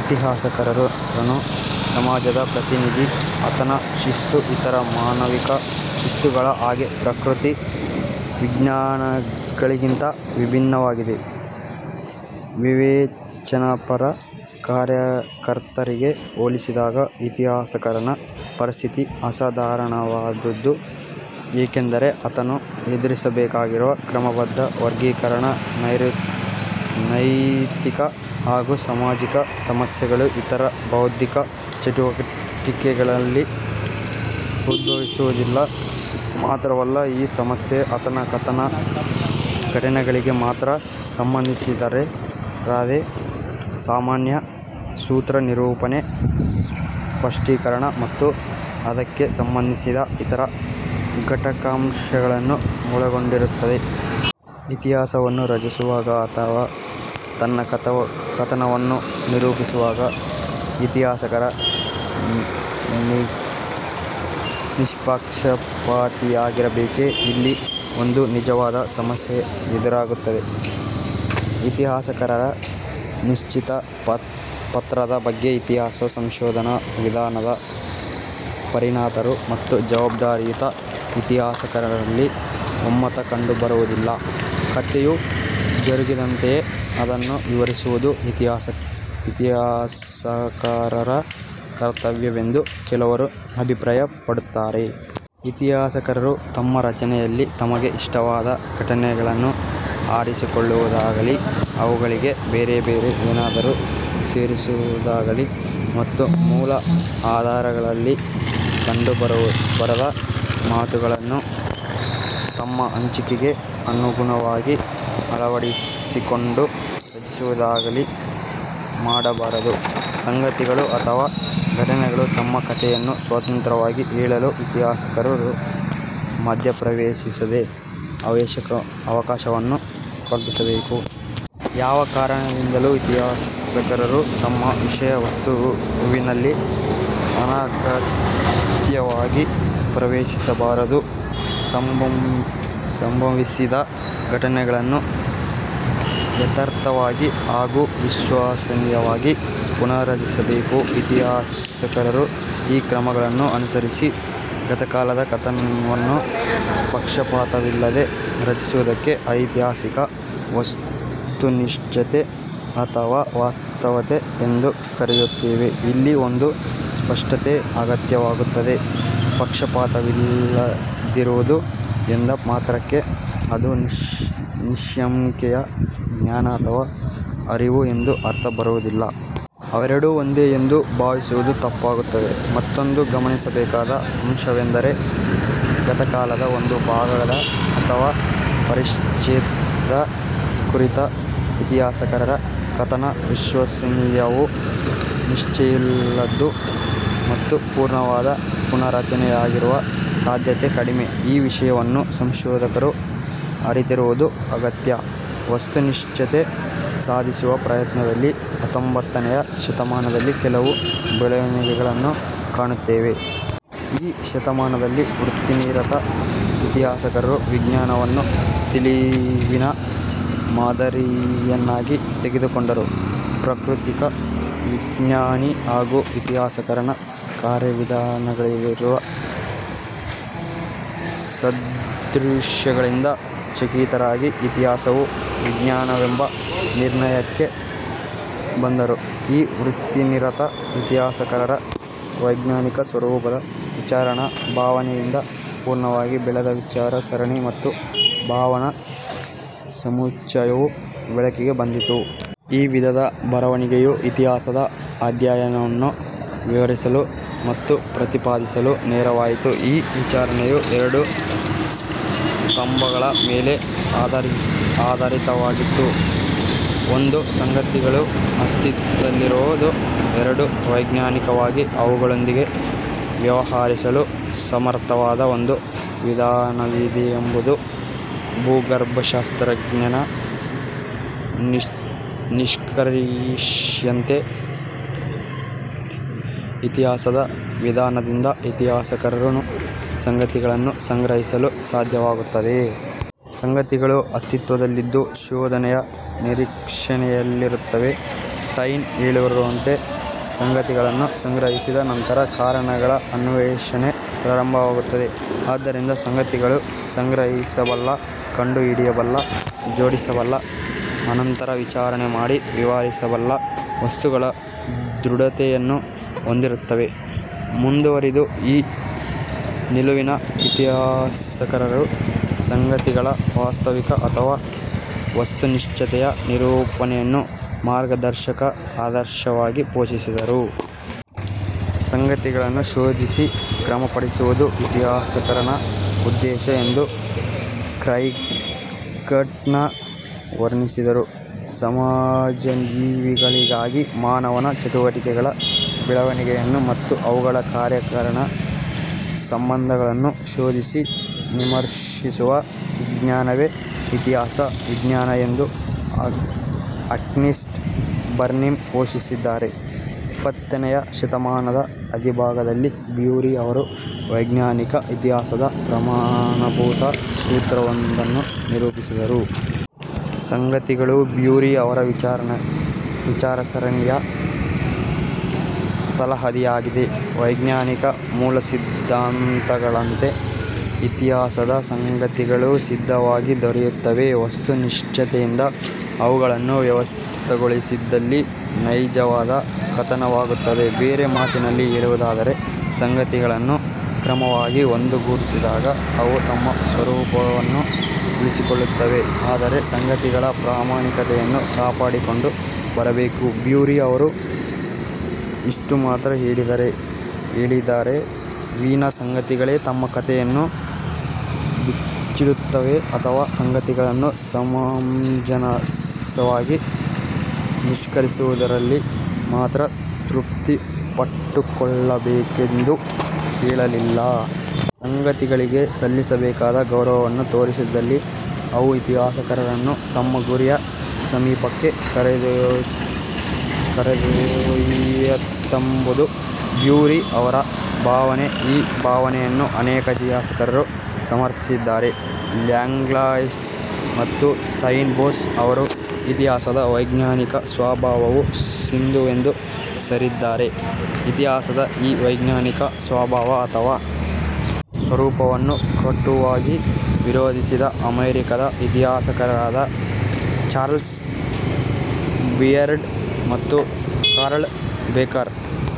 ಇತಿಹಾಸಕಾರನು ಸಮಾಜದ ಪ್ರತಿನಿಧಿ. ಆತನ ಶಿಸ್ತು ಇತರ ಮಾನವಿಕ ಶಿಸ್ತುಗಳ ಹಾಗೆ ಪ್ರಕೃತಿ ವಿಜ್ಞಾನಗಳಿಗಿಂತ ವಿಭಿನ್ನವಾಗಿದೆ. ವಿವೇಚನಾಪರ ಕಾರ್ಯಕರ್ತರಿಗೆ ಹೋಲಿಸಿದಾಗ ಇತಿಹಾಸಕಾರನ ಪರಿಸ್ಥಿತಿ ಅಸಾಧಾರಣವಾದುದು. ಏಕೆಂದರೆ ಆತನು ಎದುರಿಸಬೇಕಾಗಿರುವ ಕ್ರಮಬದ್ಧ ವರ್ಗೀಕರಣ, ನೈತಿಕ ಹಾಗೂ ಸಾಮಾಜಿಕ ಸಮಸ್ಯೆಗಳು ಇತರ ಬೌದ್ಧಿಕ ಚಟುವಟಿಕೆಗಳಲ್ಲಿ ಉದ್ಭವಿಸುವುದಿಲ್ಲ. ಮಾತ್ರವಲ್ಲ, ಈ ಸಮಸ್ಯೆ ಆತನ ಕಥನ ಘಟನೆಗಳಿಗೆ ಮಾತ್ರ ಸಂಬಂಧಿಸಿರದೆ ಸಾಮಾನ್ಯ ಸೂತ್ರ ನಿರೂಪಣೆ ಸ್ಪಷ್ಟೀಕರಣ ಮತ್ತು ಅದಕ್ಕೆ ಸಂಬಂಧಿಸಿದ ಇತರ ಘಟಕಾಂಶಗಳನ್ನು ಒಳಗೊಂಡಿರುತ್ತದೆ. ಇತಿಹಾಸವನ್ನು ರಚಿಸುವಾಗ ಅಥವಾ ತನ್ನ ಕಥನವನ್ನು ನಿರೂಪಿಸುವಾಗ ಇತಿಹಾಸಕಾರ ನಿಷ್ಪಕ್ಷಪಾತಿಯಾಗಿರಬೇಕೆ? ಇಲ್ಲಿ ಒಂದು ನಿಜವಾದ ಸಮಸ್ಯೆ ಎದುರಾಗುತ್ತದೆ. ಇತಿಹಾಸಕಾರರ ನಿಶ್ಚಿತ ಪಾತ್ರದ ಬಗ್ಗೆ ಇತಿಹಾಸ ಸಂಶೋಧನಾ ವಿಧಾನದ ಪರಿಣತರು ಮತ್ತು ಜವಾಬ್ದಾರಿಯುತ ಇತಿಹಾಸಕಾರರಲ್ಲಿ ಒಮ್ಮತ ಕಂಡುಬರುವುದಿಲ್ಲ. ಕಥೆಯು ಜರುಗಿದಂತೆಯೇ ಅದನ್ನು ವಿವರಿಸುವುದು ಇತಿಹಾಸಕಾರರ ಕರ್ತವ್ಯವೆಂದು ಕೆಲವರು ಅಭಿಪ್ರಾಯ ಪಡುತ್ತಾರೆ. ಇತಿಹಾಸಕಾರರು ತಮ್ಮ ರಚನೆಯಲ್ಲಿ ತಮಗೆ ಇಷ್ಟವಾದ ಘಟನೆಗಳನ್ನು ಆರಿಸಿಕೊಳ್ಳುವುದಾಗಲಿ, ಅವುಗಳಿಗೆ ಬೇರೆ ಬೇರೆ ಏನಾದರೂ ಸೇರಿಸುವುದಾಗಲಿ ಮತ್ತು ಮೂಲ ಆಧಾರಗಳಲ್ಲಿ ಕಂಡುಬರದ ಮಾತುಗಳನ್ನು ತಮ್ಮ ಹಂಚಿಕೆಗೆ ಅನುಗುಣವಾಗಿ ಅಳವಡಿಸಿಕೊಂಡು ರಚಿಸುವುದಾಗಲಿ ಮಾಡಬಾರದು. ಸಂಗತಿಗಳು ಅಥವಾ ಘಟನೆಗಳು ತಮ್ಮ ಕಥೆಯನ್ನು ಸ್ವತಂತ್ರವಾಗಿ ಹೇಳಲು, ಇತಿಹಾಸಕಾರರು ಮಧ್ಯ ಪ್ರವೇಶಿಸದೆ, ಅವಕಾಶವನ್ನು ಕಲ್ಪಿಸಬೇಕು. ಯಾವ ಕಾರಣದಿಂದಲೂ ಇತಿಹಾಸಕಾರರು ತಮ್ಮ ವಿಷಯ ವಸ್ತುವಿನಲ್ಲಿ ಅನಗತ್ಯವಾಗಿ ಪ್ರವೇಶಿಸಬಾರದು. ಸಂಭವಿಸಿದ ಘಟನೆಗಳನ್ನು ಯಥಾರ್ಥವಾಗಿ ಹಾಗೂ ವಿಶ್ವಸನೀಯವಾಗಿ ಪುನಾರಚಿಸಬೇಕು. ಇತಿಹಾಸಕಾರರು ಈ ಕ್ರಮಗಳನ್ನು ಅನುಸರಿಸಿ ಗತಕಾಲದ ಕಥನವನ್ನು ಪಕ್ಷಪಾತವಿಲ್ಲದೆ ರಚಿಸುವುದಕ್ಕೆ ಐತಿಹಾಸಿಕ ವಸ್ತುನಿಷ್ಠತೆ ಅಥವಾ ವಾಸ್ತವತೆ ಎಂದು ಕರೆಯುತ್ತೇವೆ. ಇಲ್ಲಿ ಒಂದು ಸ್ಪಷ್ಟತೆ ಅಗತ್ಯವಾಗುತ್ತದೆ. ಪಕ್ಷಪಾತವಿಲ್ಲದಿರುವುದು ಎಂದ ಮಾತ್ರಕ್ಕೆ ಅದು ನಿಶ್ಯಂಕೆಯ ಜ್ಞಾನ ಅಥವಾ ಅರಿವು ಎಂದು ಅರ್ಥ ಬರುವುದಿಲ್ಲ. ಅವೆರಡೂ ಒಂದೇ ಎಂದು ಭಾವಿಸುವುದು ತಪ್ಪಾಗುತ್ತದೆ. ಮತ್ತೊಂದು ಗಮನಿಸಬೇಕಾದ ಅಂಶವೆಂದರೆ, ಗತಕಾಲದ ಒಂದು ಭಾಗದ ಅಥವಾ ಪರಿಚ್ಛೇದ ಕುರಿತ ಇತಿಹಾಸಕಾರರ ಕಥನ ವಿಶ್ವಸನೀಯವೂ, ನಿಷ್ಠೆಯುಳ್ಳದ್ದೂ ಮತ್ತು ಪೂರ್ಣವಾದ ಪುನಾರಚನೆಯಾಗಿರುವ ಸಾಧ್ಯತೆ ಕಡಿಮೆ. ಈ ವಿಷಯವನ್ನು ಸಂಶೋಧಕರು ಅರಿತಿರುವುದು ಅಗತ್ಯ. ವಸ್ತುನಿಷ್ಠತೆ ಸಾಧಿಸುವ ಪ್ರಯತ್ನದಲ್ಲಿ ಹತ್ತೊಂಭತ್ತನೆಯ ಶತಮಾನದಲ್ಲಿ ಕೆಲವು ಬೆಳವಣಿಗೆಗಳನ್ನು ಕಾಣುತ್ತೇವೆ. ಈ ಶತಮಾನದಲ್ಲಿ ವೃತ್ತಿನಿರತ ಇತಿಹಾಸಕಾರರು ವಿಜ್ಞಾನವನ್ನು ತಿಳಿವಿನ ಮಾದರಿಯನ್ನಾಗಿ ತೆಗೆದುಕೊಂಡರು. ಪ್ರಾಕೃತಿಕ ವಿಜ್ಞಾನಿ ಹಾಗೂ ಇತಿಹಾಸಕಾರನ ಕಾರ್ಯವಿಧಾನಗಳಿಗಿರುವ ಸಾದೃಶ್ಯಗಳಿಂದ ಚಕಿತರಾಗಿ ಇತಿಹಾಸವೂ ವಿಜ್ಞಾನವೆಂಬ ನಿರ್ಣಯಕ್ಕೆ ಬಂದರು. ಈ ವೃತ್ತಿನಿರತ ಇತಿಹಾಸಕಾರರ ವೈಜ್ಞಾನಿಕ ಸ್ವರೂಪದ ವಿಚಾರಣಾ ಭಾವನೆಯಿಂದ ಪೂರ್ಣವಾಗಿ ಬೆಳೆದ ವಿಚಾರ ಸರಣಿ ಮತ್ತು ಭಾವನಾ ಸಮುಚ್ಛಯವು ಬೆಳಕಿಗೆ ಬಂದಿತು. ಈ ವಿಧದ ಬರವಣಿಗೆಯು ಇತಿಹಾಸದ ಅಧ್ಯಯನವನ್ನು ವಿವರಿಸಲು ಮತ್ತು ಪ್ರತಿಪಾದಿಸಲು ನೆರವಾಯಿತು. ಈ ವಿಚಾರಣೆಯು ಎರಡು ಸ್ತಂಭಗಳ ಮೇಲೆ ಆಧರಿತವಾಗಿತ್ತು. ಒಂದು, ಸಂಗತಿಗಳು ಅಸ್ತಿತ್ವದಲ್ಲಿರುವುದು ಎರಡು, ವೈಜ್ಞಾನಿಕವಾಗಿ ಅವುಗಳೊಂದಿಗೆ ವ್ಯವಹರಿಸಲು ಸಮರ್ತವಾದ ಒಂದು ವಿಧಾನವಿದೆಯೆಂಬುದು. ಭೂಗರ್ಭಶಾಸ್ತ್ರಜ್ಞನ ನಿಷ್ಕರ್ಷೆಯಂತೆ, ಇತಿಹಾಸದ ವಿಧಾನದಿಂದ ಇತಿಹಾಸಕಾರನು ಸಂಗತಿಗಳನ್ನು ಸಂಗ್ರಹಿಸಲು ಸಾಧ್ಯವಾಗುತ್ತದೆ. ಸಂಗತಿಗಳು ಅಸ್ತಿತ್ವದಲ್ಲಿದ್ದು ಶೋಧನೆಯ ನಿರೀಕ್ಷಣೆಯಲ್ಲಿರುತ್ತವೆ. ಟೈನ್ ಹೇಳಿರುವಂತೆ ಸಂಗತಿಗಳನ್ನು ಸಂಗ್ರಹಿಸಿದ ನಂತರ ಕಾರಣಗಳ ಅನ್ವೇಷಣೆ ಪ್ರಾರಂಭವಾಗುತ್ತದೆ. ಆದ್ದರಿಂದ ಸಂಗತಿಗಳು ಸಂಗ್ರಹಿಸಬಲ್ಲ, ಕಂಡು ಹಿಡಿಯಬಲ್ಲ, ಜೋಡಿಸಬಲ್ಲ, ಅನಂತರ ವಿಚಾರಣೆ ಮಾಡಿ ವಿವರಿಸಬಲ್ಲ ವಸ್ತುಗಳ ದೃಢತೆಯನ್ನು ಹೊಂದಿರುತ್ತವೆ. ಮುಂದುವರಿದು ಈ ನಿಲುವಿನ ಇತಿಹಾಸಕಾರರು ಸಂಗತಿಗಳ ವಾಸ್ತವಿಕ ಅಥವಾ ವಸ್ತುನಿಷ್ಠತೆಯ ನಿರೂಪಣೆಯನ್ನು ಮಾರ್ಗದರ್ಶಕ ಆದರ್ಶವಾಗಿ ಘೋಷಿಸಿದರು. ಸಂಗತಿಗಳನ್ನು ಶೋಧಿಸಿ ಕ್ರಮಪಡಿಸುವುದು ಇತಿಹಾಸಕಾರನ ಉದ್ದೇಶ ಎಂದು ಕ್ರೈಗ್ಟನ್ ವರ್ಣಿಸಿದರು. ಸಮಾಜಜೀವಿಗಳಿಗಾಗಿ ಮಾನವನ ಚಟುವಟಿಕೆಗಳ ಬೆಳವಣಿಗೆಯನ್ನು ಮತ್ತು ಅವುಗಳ ಕಾರ್ಯಕಾರಣ ಸಂಬಂಧಗಳನ್ನು ಶೋಧಿಸಿ ವಿಮರ್ಶಿಸುವ ವಿಜ್ಞಾನವೇ ಇತಿಹಾಸ ವಿಜ್ಞಾನ ಎಂದು ಆಕ್ನಿಸ್ಟ್ ಬರ್ನಿಂ ಘೋಷಿಸಿದ್ದಾರೆ. ಇಪ್ಪತ್ತನೆಯ ಶತಮಾನದ ಆದಿಭಾಗದಲ್ಲಿ ಬ್ಯೂರಿ ಅವರು ವೈಜ್ಞಾನಿಕ ಇತಿಹಾಸದ ಪ್ರಮಾಣಭೂತ ಸೂತ್ರವೊಂದನ್ನು ನಿರೂಪಿಸಿದರು. ಸಂಗತಿಗಳು ಬ್ಯೂರಿ ಅವರ ವಿಚಾರಸರಣಿಯ ತಳಹದಿಯಾಗಿದೆ. ವೈಜ್ಞಾನಿಕ ಮೂಲಸಿದ್ಧಾಂತಗಳಂತೆ ಇತಿಹಾಸದ ಸಂಗತಿಗಳೂ ಸಿದ್ಧವಾಗಿ ದೊರೆಯುತ್ತವೆ. ವಸ್ತುನಿಷ್ಠತೆಯಿಂದ ಅವುಗಳನ್ನು ವ್ಯವಸ್ಥೆಗೊಳಿಸಿದಲ್ಲಿ ನೈಜವಾದ ಕಥನವಾಗುತ್ತದೆ. ಬೇರೆ ಮಾತಿನಲ್ಲಿ ಹೇಳುವುದಾದರೆ, ಸಂಗತಿಗಳನ್ನು ಕ್ರಮವಾಗಿ ಒಂದುಗೂಡಿಸಿದಾಗ ಅವು ತಮ್ಮ ಸ್ವರೂಪವನ್ನು ಉಳಿಸಿಕೊಳ್ಳುತ್ತವೆ. ಆದರೆ ಸಂಗತಿಗಳ ಪ್ರಾಮಾಣಿಕತೆಯನ್ನು ಕಾಪಾಡಿಕೊಂಡು ಬರಬೇಕು. ಬ್ಯೂರಿ ಅವರು ಇಷ್ಟುಮಾತ್ರ ಹೇಳಿದರೇ ವಿನಾ ಸಂಗತಿಗಳೇ ತಮ್ಮ ಕಥೆಯನ್ನು ಬಿಚ್ಚಿಡುತ್ತವೆ ಅಥವಾ ಸಂಗತಿಗಳನ್ನು ಸಮಂಜಸವಾಗಿ ನಿಷ್ಕರ್ಷಿಸುವುದರಲ್ಲಿ ಮಾತ್ರ ತೃಪ್ತಿಪಟ್ಟುಕೊಳ್ಳಬೇಕೆಂದು ಹೇಳಲಿಲ್ಲ. ಸಂಗತಿಗಳಿಗೆ ಸಲ್ಲಿಸಬೇಕಾದ ಗೌರವವನ್ನು ತೋರಿದಲ್ಲಿ ಅವು ಇತಿಹಾಸಕಾರರನ್ನು ತಮ್ಮ ಗುರಿಯ ಸಮೀಪಕ್ಕೆ ಕರೆದೊಯ್ಯುತ್ತದೆಂಬುದು ಬ್ಯೂರಿ ಅವರ ಭಾವನೆ. ಈ ಭಾವನೆಯನ್ನು ಅನೇಕ ಇತಿಹಾಸಕಾರರು ಸಮರ್ಥಿಸಿದ್ದಾರೆ. ಲ್ಯಾಂಗ್ಲಾಯ್ಸ್ ಮತ್ತು ಸೈನ್ ಭೋಸ್ ಅವರೂ ಇತಿಹಾಸದ ವೈಜ್ಞಾನಿಕ ಸ್ವಭಾವವು ಸಿಂಧುವೆಂದು ಸಾರಿದ್ದಾರೆ. ಇತಿಹಾಸದ ಈ ವೈಜ್ಞಾನಿಕ ಸ್ವಭಾವ ಅಥವಾ ಸ್ವರೂಪವನ್ನು ಕಟುವಾಗಿ ವಿರೋಧಿಸಿದ ಅಮೆರಿಕಾದ ಇತಿಹಾಸಕಾರರಾದ ಚಾರ್ಲ್ಸ್ ಬಿಯರ್ಡ್ ಮತ್ತು ಕಾರ್ಲ್ ಬೇಕರ್